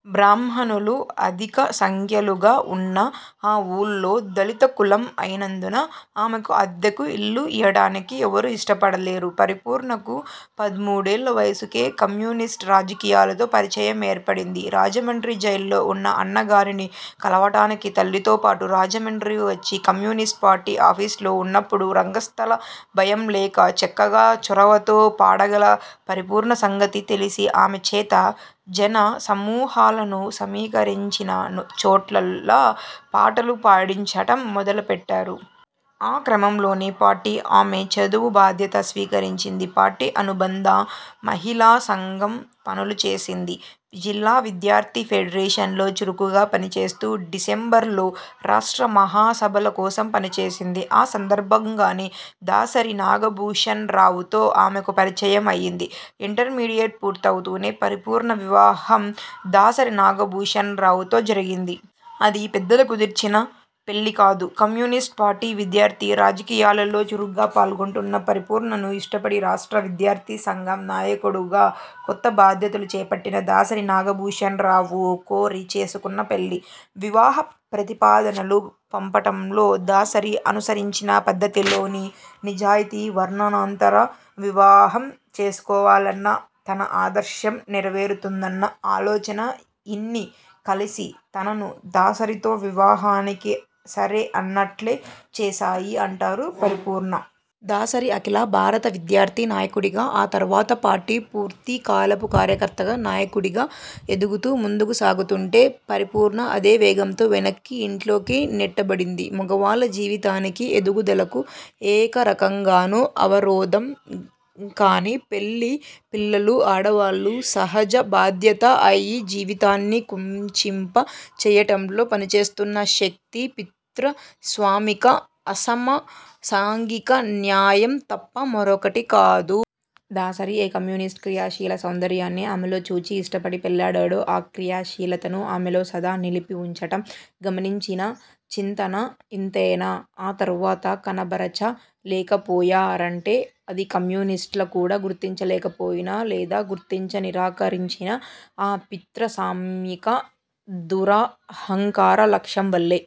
బ్రాహ్మణులు అధిక సంఖ్యాకులుగా ఉన్న ఆ వూళ్ళో దళిత కులం అయినందున ఆమెకు అద్దెకు ఇల్లు ఇయ్యటానికి ఎవ్వరూ ఇష్టపడలేదు. పరిపూర్ణకు పదమూడేళ్ల వయసుకే కమ్యూనిస్టు రాజకీయాలతో పరిచయం ఏర్పడింది. రాజమండ్రి జైలులో ఉన్న అన్నగారిని కలవటానికి తల్లితో పాటు రాజమండ్రి వచ్చి కమ్యూనిస్ట్పార్టీ ఆఫీసులో వున్నప్పుడు రంగస్థల భయంలేక చక్కగా చొరవతో పాడగల పరిపూర్ణ సంగతి తెలిసి ఆమె చేత జన సమూహాలను సమీకరిం చిన చోటల్లా పాటలు పాడించటం మొదలు పెట్టారు. ఆ క్రమంలోనే పార్టీ ఆమె చదువు బాధ్యత స్వీకరించింది. పార్టీ అనుబంధ మహిళా సంఘం పనులు చేసింది. జిల్లా విద్యార్థి ఫెడరేషన్లో చురుకుగా పనిచేస్తూ డిసెంబర్లో రాష్ట్ర మహాసభల కోసం పని చేసింది. ఆ సందర్భంగానే దాసరి నాగభూషణరావుతో ఆమెకు పరిచయం అయింది. ఇంటర్మీడియట్ పూర్తవుతూనే పరిపూర్ణ వివాహం దాసరి నాగభూషణరావుతో జరిగింది. అది పెద్దలు కుదిర్చిచేసిన పెళ్లికాదు. కమ్యూనిస్టు పార్టీ విద్యార్థి రాజకీయాలలో చురుకుగా పాల్గొంటున్న పరిపూర్ణను ఇష్టపడి రాష్ట్ర విద్యార్థి సంఘం నాయకుడుగా కొత్తగా బాధ్యతలు చేపట్టిన దాసరి నాగభూషణరావు కోరి చేసుకొన్నపెళ్లి. వివాహ ప్రతిపాదనలు పంపటంలో దాసరి అనుసరించిన పద్ధతిలోని నిజాయితీ-వర్ణాంతర వివాహం చేసుకోవాలన్న తన ఆదర్శం నెరవేరుతుందన్న ఆలోచన ఇన్నీ కలిసి తనను దాసరితో వివాహానికి సరే అనేట్లు చేశాయి అంటారు పరిపూర్ణ. దాసరి అఖిల భారత విద్యార్థి నాయకుడిగా, ఆ తరువాత పార్టీ పూర్తికాలపు కార్యకర్తగా, నాయకుడిగా ఎదుగుతూ ముందుకు సాగుతుంటే పరిపూర్ణ అదే వేగంతో వెనక్కి, ఇంట్లోకి నెట్టబడింది. మగవాళ్ల జీవితానికి, ఎదుగుదలకు ఏ రకంగానూ అవరోధం కాని పెళ్లి, పిల్లలు ఆడవాళ్ళ 'సహజ బాధ్యత' అయి జీవితాన్ని కుంచింప చేయటంలో పనిచేస్తున్న శక్తి పితృస్వామిక అసమ సాంఘిక న్యాయం తప్ప మరొకటి కాదు. దాసరి ఏ కమ్యూనిస్టు క్రియాశీల సౌంద ర్యాన్ని ఆమెలో చూచి ఇష్టపడి పెళ్లాడాడో ఆ క్రియాశీలతను ఆమెలో సదా నిలిపివుంచటం గురించిన చింతన ఇంతైనా ఆ తరువాత కనబరచ లేకపోయా రంటే అది కమ్యూనిస్టులు కూడా గుర్తించలేకపోయిన లేదా గుర్తించ నిరాకరించిన ఆ పితృస్వామిక దురహంకార లక్షణం వల్లే